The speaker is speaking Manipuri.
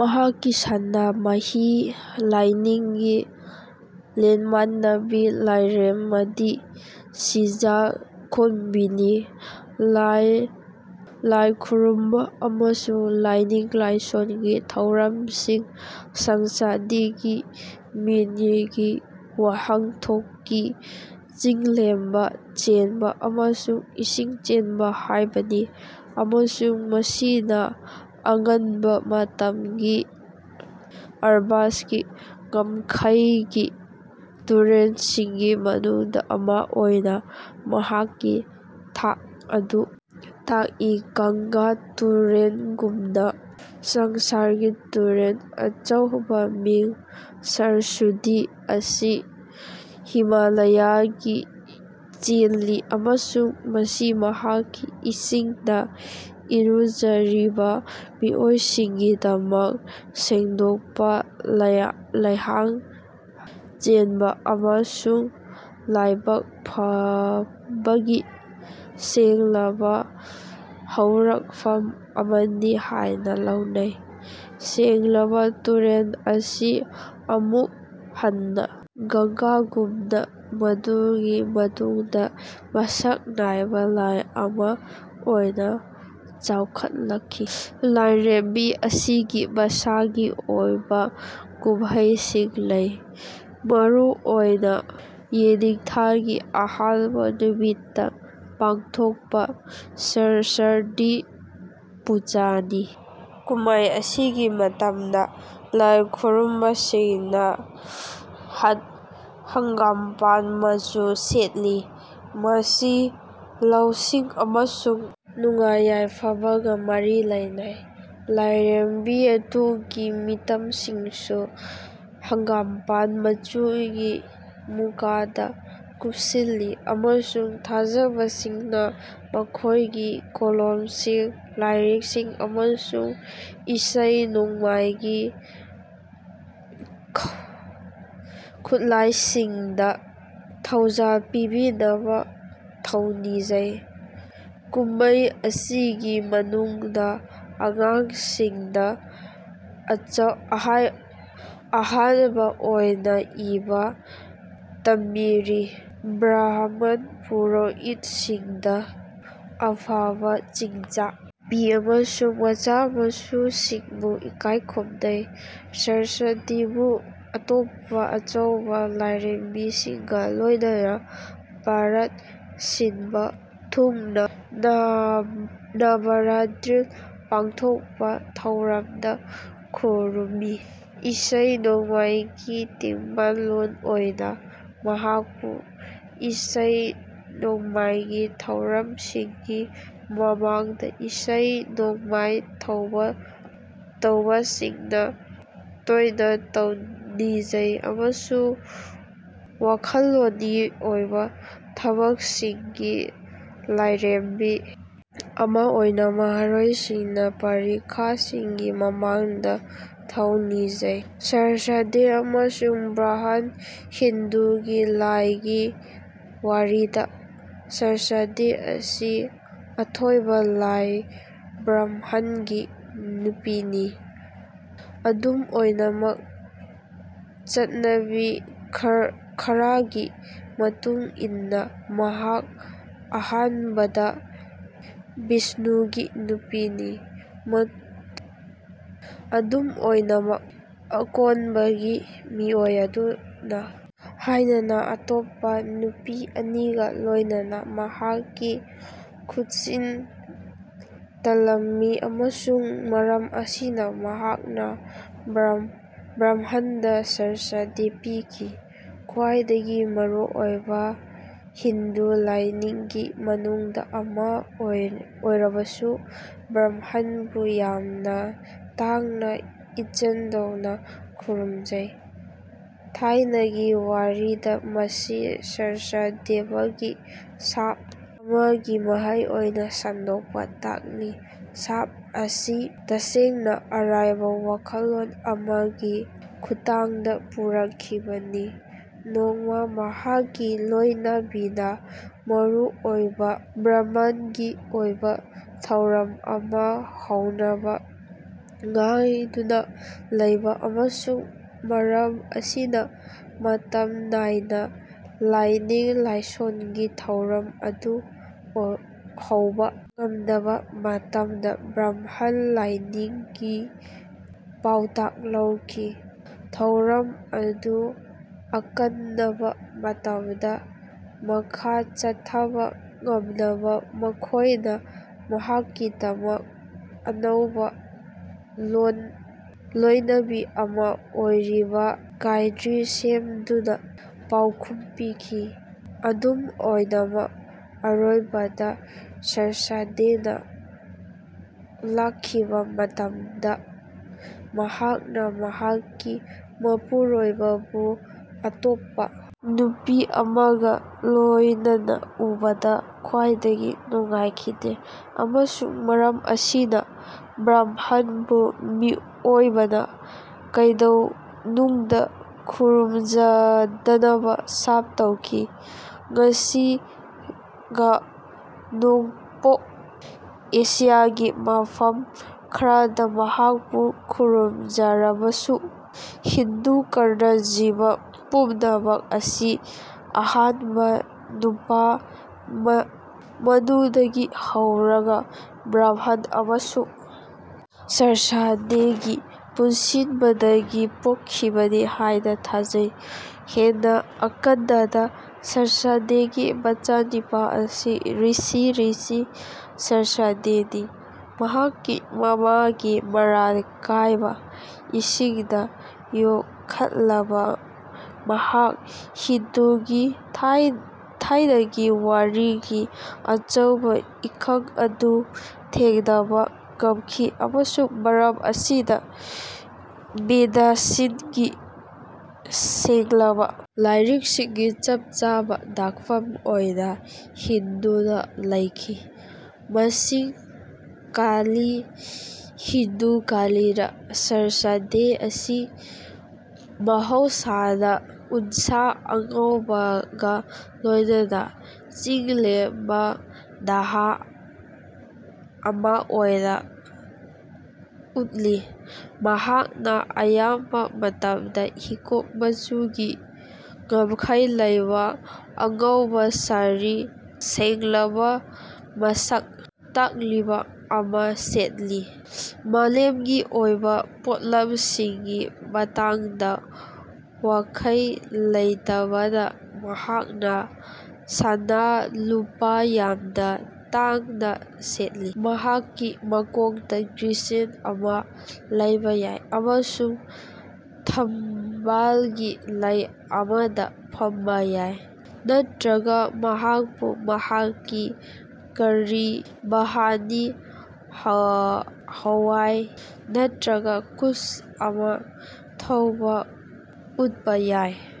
ꯃꯍꯥꯛꯀꯤ ꯁꯅꯥꯃꯍꯤ ꯂꯥꯢꯅꯤꯡꯒꯤ ꯂꯦꯡꯃꯥꯟꯅꯕꯤ ꯂꯥꯢꯔꯦꯝꯃꯗꯤ ꯁꯤꯡꯖꯥꯈꯣꯝꯕꯤꯅꯤ꯫ ꯂꯥꯏ ꯈꯨꯔꯨꯝꯕ ꯑꯃꯁꯨꯡ ꯂꯥꯏꯅꯤꯡ-ꯂꯥꯏꯁꯣꯜꯒꯤ ꯊꯧꯔꯝꯁꯤꯡ ꯁꯔꯁ꯭ꯋꯇꯤꯒꯤ ꯃꯤꯡꯒꯤ ꯋꯥꯍꯟꯊꯣꯛꯇꯤ 'ꯆꯤꯡꯂꯦꯝꯕ', 'ꯆꯦꯟꯕ', ꯑꯃꯁꯨꯡ 'ꯏꯁꯤꯡ ꯆꯦꯟꯕ' ꯍꯥꯏꯕꯅꯤ ꯑꯃꯁꯨꯡ ꯃꯁꯤꯅ ꯑꯉꯟꯕ ꯃꯇꯝꯒꯤ ꯑꯥꯔꯌꯟꯒꯤ ꯉꯝꯈꯩꯒꯤ ꯇꯨꯔꯦꯜꯁꯤꯡꯒꯤ ꯃꯅꯨꯡꯗ ꯑꯃ ꯑꯣꯏꯅ ꯃꯍꯥꯛꯀꯤ ꯊꯥꯛ ꯑꯗꯨ ꯇꯥꯛꯏ꯫ ꯒꯪꯒꯥ ꯇꯨꯔꯦꯜꯒꯨꯝꯅ ꯁꯔꯁ꯭ꯋꯇꯤ ꯇꯨꯔꯦꯜ (ꯑꯅꯧꯕ ꯃꯤꯡ: ꯁꯔꯁꯨꯇꯤ) ꯑꯁꯤ ꯍꯤꯃꯥꯂ꯭ꯌꯥꯗꯒꯤ ꯆꯦꯜꯂꯤ ꯑꯃꯁꯨꯡ ꯃꯁꯤ ꯃꯍꯥꯛꯀꯤ ꯏꯁꯤꯡꯗ ꯏꯔꯨꯖꯔꯤꯕ ꯃꯤꯑꯣꯏꯁꯤꯡꯒꯤꯗꯃꯛ ꯁꯦꯡꯗꯣꯛꯄ, ꯂꯩꯍꯥꯎ ꯆꯦꯟꯕ ꯑꯃꯁꯨꯡ ꯂꯥꯏꯕꯛ ꯐꯕꯒꯤ ꯁꯦꯡꯂꯕ ꯍꯧꯔꯛꯐꯝ ꯑꯃꯅꯤ ꯍꯥꯏꯅ ꯂꯧꯅꯩ꯫ ꯁꯦꯡꯂꯕ ꯇꯨꯔꯦꯜ ꯑꯁꯤ ꯑꯃꯨꯛ ꯍꯟꯅ ꯒꯪꯒꯥꯒꯨꯝꯅ ꯃꯗꯨꯒꯤ ꯃꯇꯨꯡꯗ ꯃꯁꯛ ꯅꯥꯏꯕ ꯂꯥꯏ ꯑꯃ ꯑꯣꯏꯅ ꯆꯥꯎꯈꯠꯂꯛꯈꯤ꯫ ꯂꯥꯏꯔꯦꯝꯕꯤ ꯑꯁꯤꯒꯤ ꯃꯁꯥꯒꯤ ꯑꯣꯏꯕ ꯀꯨꯝꯍꯩꯁꯤꯡ ꯂꯩ, ꯃꯔꯨꯑꯣꯏꯅ ꯌꯦꯅꯤꯡꯊꯥꯒꯤ ꯑꯍꯥꯟꯕ ꯅꯨꯃꯤꯠꯇ ꯄꯥꯡꯊꯣꯛꯄ ꯁꯔꯁ꯭ꯋꯇꯤ ꯄꯨꯖꯥꯅꯤ꯫ ꯀꯨꯝꯃꯩ ꯑꯁꯤꯒꯤ ꯃꯇꯝꯗ ꯂꯥꯏ ꯈꯨꯔꯨꯝꯕꯁꯤꯡꯅ ꯍꯪꯒꯥꯝꯄꯥꯜ ꯃꯆꯨ ꯁꯦꯠꯂꯤ꯫ ꯃꯁꯤ ꯂꯧꯁꯤꯡ ꯑꯃꯁꯨꯡ ꯅꯨꯡꯉꯥꯏ-ꯌꯥꯏꯐꯕꯒ ꯃꯔꯤ ꯂꯩꯅꯩ꯫ ꯂꯥꯏꯔꯦꯝꯕꯤ ꯑꯗꯨꯒꯤ ꯃꯤꯇꯝꯁꯤꯡꯁꯨ ꯍꯪꯒꯥꯝꯄꯥꯜ ꯃꯆꯨꯒꯤ ꯃꯨꯒꯥꯗ ꯀꯨꯞꯁꯤꯜꯂꯤ, ꯑꯃꯁꯨꯡ ꯊꯥꯖꯕꯁꯤꯡꯅ ꯃꯈꯣꯏꯒꯤ ꯀꯣꯂꯣꯝꯁꯤꯡ, ꯂꯥꯏꯔꯤꯛꯁꯤꯡ ꯑꯃꯁꯨꯡ ꯏꯁꯩ-ꯅꯣꯡꯃꯥꯏꯒꯤ ꯈꯨꯠꯂꯥꯏꯁꯤꯡꯗ ꯊꯧꯖꯥꯜ ꯄꯤꯕꯤꯅꯕ ꯊꯧꯅꯤꯖꯩ꯫ ꯀꯨꯝꯃꯩ ꯑꯁꯤꯒꯤ ꯃꯅꯨꯡꯗ ꯑꯉꯥꯡꯁꯤꯡꯗ ꯑꯍꯥꯟꯕ ꯑꯣꯏꯅ ꯏꯕ ꯇꯝꯕꯤꯔꯤ, ꯕ꯭ꯔꯥꯍꯃꯟ ꯄꯨꯔꯣꯍꯤꯠꯁꯤꯡꯗ ꯑꯐꯕ ꯆꯤꯟꯖꯥꯛ ꯄꯤ, ꯑꯃꯁꯨꯡ ꯃꯆꯥ-ꯃꯁꯨꯁꯤꯡꯕꯨ ꯏꯀꯥꯏ ꯈꯨꯝꯅꯩ꯫ ꯁꯔꯁ꯭ꯋꯇꯤꯕꯨ ꯑꯇꯣꯞꯄ ꯑꯆꯧꯕ ꯂꯥꯏꯔꯦꯝꯕꯤꯁꯤꯡꯒ ꯂꯣꯏꯅꯅ ꯚꯥꯔꯠ ꯁꯤꯟꯕ ꯊꯨꯡꯅ ꯅꯕꯔꯥꯇ꯭ꯔꯤ ꯄꯥꯡꯊꯣꯛꯄ ꯊꯧꯔꯝꯗ ꯈꯨꯔꯨꯝꯃꯤ꯫ ꯏꯁꯩ-ꯅꯣꯡꯃꯥꯏꯒꯤ ꯇꯦꯡꯕꯥꯡꯂꯣꯏ ꯑꯣꯏꯅ, ꯃꯍꯥꯛꯄꯨ ꯏꯁꯩ-ꯅꯣꯡꯃꯥꯏꯒꯤ ꯊꯧꯔꯝꯁꯤꯡꯒꯤ ꯃꯃꯥꯡꯗ ꯏꯁꯩ-ꯅꯣꯡꯃꯥꯏ ꯇꯧꯕꯁꯤꯡꯅ ꯇꯣꯏꯅ ꯊꯧꯅꯤꯖꯩ ꯑꯃꯁꯨꯡ ꯋꯥꯈꯜꯂꯣꯟꯒꯤ ꯑꯣꯏꯕ ꯊꯕꯛꯁꯤꯡꯒꯤ ꯂꯥꯏꯔꯦꯝꯕꯤ ꯑꯃ ꯑꯣꯏꯅ ꯃꯍꯩꯔꯣꯏꯁꯤꯡꯅ ꯄꯔꯤꯈꯥꯁꯤꯡꯒꯤ ꯃꯃꯥꯡꯗ ꯊꯧꯅꯤꯖꯩ꯫ ꯁꯔꯁ꯭ꯋꯇꯤ ꯑꯃꯁꯨꯡ ꯕ꯭ꯔꯍꯃ ꯍꯤꯟꯗꯨꯒꯤ ꯂꯥꯏꯒꯤ ꯋꯥꯔꯤꯗ, ꯁꯔꯁ꯭ꯋꯇꯤ ꯑꯁꯤ ꯑꯊꯣꯏꯕ ꯂꯥꯏ ꯕ꯭ꯔꯍꯃꯟꯒꯤ ꯅꯨꯄꯤꯅꯤ꯫ ꯑꯗꯨꯝ ꯑꯣꯏꯅꯃꯛ ꯆꯠꯅꯕꯤ ꯈꯔꯒꯤ ꯃꯇꯨꯡ ꯏꯟꯅ ꯃꯍꯥꯛ ꯑꯍꯥꯟꯕꯗ ꯕꯤꯁꯅꯨꯒꯤ ꯅꯨꯄꯤꯅꯤ꯫ ꯑꯗꯨꯝ ꯑꯣꯏꯅꯃꯛ ꯑꯀꯣꯟꯕꯒꯤ ꯃꯤꯑꯣꯏ ꯑꯗꯨꯅ ꯍꯥꯟꯅꯅ ꯑꯇꯣꯞꯄ ꯅꯨꯄꯤ ꯑꯅꯤꯒ ꯂꯣꯏꯅꯅ ꯃꯍꯥꯛꯀꯤ ꯈꯨꯠꯁꯤꯡ ꯊꯜꯂꯝꯃꯤ ꯑꯃꯁꯨꯡ ꯃꯔꯝ ꯑꯁꯤꯅ ꯃꯍꯥꯛꯅ ꯕ꯭ꯔꯍꯃꯟꯗ ꯁꯔꯁ꯭ꯋꯇꯤ ꯄꯤꯈꯤ꯫ ꯈ꯭ꯋꯥꯏꯗꯒꯤ ꯃꯔꯨꯑꯣꯏꯕ ꯍꯤꯟꯗꯨ ꯂꯥꯏꯁꯤꯡꯒꯤ ꯃꯅꯨꯡꯗ ꯑꯃꯥ ꯑꯣꯏꯔꯕꯁꯨ, ꯕ꯭ꯔꯍꯃꯟꯕꯨ ꯌꯥꯝꯅ ꯇꯥꯡꯅ ꯏꯆꯪ ꯊꯧꯅ ꯈꯨꯔꯨꯝꯖꯩ꯫ ꯊꯥꯏꯅꯒꯤ ꯋꯥꯔꯤꯗ ꯃꯁꯤ ꯁꯔꯁ꯭ꯋꯇꯤꯗꯒꯤ ꯁꯥꯞ ꯑꯃꯒꯤ ꯃꯍꯩ ꯑꯣꯏꯅ ꯁꯟꯗꯣꯛꯅ ꯇꯥꯛꯂꯤ꯫ ꯁꯥꯞ ꯑꯁꯤ ꯇꯁꯦꯡꯅ ꯑꯔꯥꯟꯕ ꯋꯥꯈꯜꯂꯣꯟ ꯑꯃꯒꯤ ꯈꯨꯠꯊꯥꯡꯗ ꯄꯨꯔꯛꯈꯤꯕꯅꯤ꯫ ꯅꯣꯡꯃ ꯃꯍꯥꯛꯀꯤ ꯂꯣꯏꯅꯕꯤꯅ ꯃꯔꯨꯑꯣꯏꯕ ꯙꯔꯃꯒꯤ ꯑꯣꯏꯕ ꯊꯧꯔꯝ ꯑꯃ ꯍꯧꯅꯕ ꯉꯥꯏꯗꯨꯅ ꯂꯩꯕ ꯑꯃꯁꯨꯡ ꯃꯔꯝ ꯑꯁꯤꯅ ꯃꯇꯝ ꯅꯥꯏꯅ ꯂꯥꯏꯅꯤꯡ-ꯂꯥꯏꯁꯣꯜꯒꯤ ꯊꯧꯔꯝ ꯑꯗꯨ ꯍꯧꯕ ꯉꯝꯗꯕ ꯃꯇꯝꯗ, ꯕ꯭ꯔꯍꯃꯟ ꯂꯥꯏꯁꯤꯡꯒꯤ ꯄꯥꯎꯇꯥꯛ ꯂꯧꯈꯤ꯫ ꯊꯧꯔꯝ ꯑꯗꯨ ꯑꯀꯛꯅꯕ ꯃꯇꯝꯗ ꯃꯈꯥ ꯆꯠꯊꯕ ꯉꯝꯅꯕ ꯃꯈꯣꯏꯅ ꯃꯍꯥꯛꯀꯤꯗꯃꯛ ꯑꯅꯧꯕ ꯂꯣꯏꯅꯕꯤ ꯑꯃ ꯑꯣꯏꯔꯤꯕ ꯒꯥꯏꯇ꯭ꯔꯤ ꯁꯦꯝꯗꯨꯅ ꯄꯥꯎꯈꯨꯝ ꯄꯤꯈꯤ꯫ ꯑꯗꯨꯝ ꯑꯣꯏꯅꯃꯛ ꯑꯔꯣꯏꯕꯗ ꯁꯔꯁ꯭ꯋꯇꯤꯅ ꯂꯥꯛꯈꯤꯕ ꯃꯇꯝꯗ ꯃꯍꯥꯛꯅ ꯃꯍꯥꯛꯀꯤ ꯃꯄꯨꯔꯣꯏꯕꯕꯨ ꯑꯇꯣꯞꯄ ꯅꯨꯄꯤ ꯑꯃꯒ ꯂꯣꯏꯅꯅ ꯎꯕꯗ ꯈ꯭ꯋꯥꯏꯗꯒꯤ ꯅꯨꯡꯉꯥꯏꯈꯤꯗꯦ ꯑꯃꯁꯨꯡ ꯃꯔꯝ ꯑꯁꯤꯅ ꯕ꯭ꯔꯍꯃꯟꯕꯨ ꯃꯤꯑꯣꯏꯕꯅ ꯀꯩꯗꯧꯅꯨꯡꯗ ꯈꯨꯔꯨꯝꯖꯗꯅꯕ ꯁꯥꯞ ꯇꯧꯈꯤ (ꯉꯁꯤ ꯈꯥ-ꯅꯣꯡꯄꯣꯛ ꯑꯦꯁꯤꯌꯥꯒꯤ ꯃꯐꯝ ꯈꯔꯗ ꯃꯍꯥꯛꯄꯨ ꯈꯨꯔꯨꯝꯖꯔꯕꯁꯨ)꯫ ꯍꯤꯟꯗꯨ ꯈꯔꯅ ꯖꯤꯕ ꯄꯨꯝꯅꯃꯛ ꯑꯁꯤ ꯑꯍꯥꯟꯕ ꯅꯨꯄꯥ ꯃꯅꯨꯗꯒꯤ ꯍꯧꯔꯒ ꯕ꯭ꯔꯍꯃꯟ ꯑꯃꯁꯨꯡ ꯁꯔꯁ꯭ꯋꯇꯤꯒꯤ ꯄꯨꯟꯁꯤꯟꯕꯗꯒꯤ ꯄꯣꯛꯈꯤꯕꯅꯤ ꯍꯥꯏꯅ ꯊꯥꯖꯩ꯫ ꯍꯦꯟꯅ ꯑꯀꯛꯅꯅ, ꯁꯔꯁ꯭ꯋꯇꯤꯒꯤ ꯃꯆꯥꯅꯨꯄꯥ ꯑꯁꯤ ꯔꯤꯁꯤ (ꯔꯤꯁꯤ) ꯁꯔꯁ꯭ꯋꯇꯅꯤ꯫ ꯃꯍꯥꯛꯀꯤ ꯃꯃꯥꯒꯤ ꯃꯔꯥꯡ ꯀꯥꯏꯕ ꯏꯁꯤꯡꯅ ꯌꯣꯛꯈꯠꯂꯕ ꯃꯍꯥꯛ ꯍꯤꯟꯗꯨꯒꯤ ꯊꯥꯏꯅꯒꯤ ꯋꯥꯔꯤꯒꯤ ꯑꯆꯧꯕ ꯏꯀꯪ ꯑꯗꯨ ꯊꯦꯡꯅꯕ ꯉꯝꯈꯤ ꯑꯃꯁꯨꯡ ꯃꯔꯝ ꯑꯁꯤꯅ ꯕꯦꯗꯁꯤꯡꯒꯤ ꯁꯦꯡꯂꯕ ꯂꯥꯏꯔꯤꯛꯁꯤꯡꯒꯤ ꯆꯞ ꯆꯥꯕ ꯇꯨꯡꯐꯝ ꯑꯣꯏꯅ ꯍꯤꯡꯗꯨꯅ ꯂꯩꯈꯤ꯫ ꯃꯁꯤꯟ (ꯀꯂꯥ) ꯍꯤꯟꯗꯨ ꯀꯂꯥꯗ, ꯁꯔꯁ꯭ꯋꯇꯤ ꯑꯁꯤ ꯃꯍꯧꯁꯥꯅ ꯎꯟꯁꯥ ꯑꯉꯧꯕꯒ ꯂꯣꯏꯅꯅ ꯆꯤꯡꯂꯦꯝꯕ ꯅꯍꯥ ꯑꯃꯥ ꯑꯣꯏꯅ ꯎꯠꯂꯤ꯫ ꯃꯍꯥꯛꯅ ꯑꯌꯥꯝꯕ ꯃꯇꯝꯗ ꯍꯤꯒꯣꯛ ꯃꯆꯨꯒꯤ ꯉꯝꯈꯩ ꯂꯩꯕ ꯑꯉꯧꯕ ꯁꯥꯔꯤ (ꯁꯦꯡꯂꯕ ꯃꯁꯛ ꯇꯥꯛꯂꯤꯕ) ꯑꯃ ꯁꯦꯠꯂꯤ꯫ ꯃꯥꯂꯦꯝꯒꯤ ꯑꯣꯏꯕ ꯄꯣꯠꯂꯝꯁꯤꯡꯒꯤ ꯃꯇꯥꯡꯗ ꯋꯥꯈꯜ ꯂꯩꯇꯕꯅ ꯃꯍꯥꯛꯅ ꯁꯅꯥ-ꯂꯨꯄꯥ ꯌꯥꯝꯅ ꯇꯥꯡꯅ ꯁꯦꯠꯂꯤ꯫ ꯃꯍꯥꯛꯀꯤ ꯃꯀꯣꯛꯇ ꯀ꯭ꯔꯤꯁꯦꯟꯠ ꯑꯃ ꯂꯩꯕ ꯌꯥꯏ ꯑꯃꯁꯨꯡ ꯊꯝꯕꯥꯜꯒꯤ ꯂꯩ ꯑꯃꯗ ꯐꯝꯕ ꯌꯥꯏ꯫ ꯅꯠꯇ꯭ꯔꯒ ꯃꯍꯥꯛꯄꯨ ꯃꯍꯥꯛꯀꯤ ꯒꯥꯔꯤ (ꯚꯥꯍꯥꯅꯥ), ꯍꯋꯥꯏ ꯅꯠꯇ꯭ꯔꯒ ꯒꯨꯁ ꯑꯃ ꯊꯧꯕ ꯎꯠꯄ ꯌꯥꯏ꯫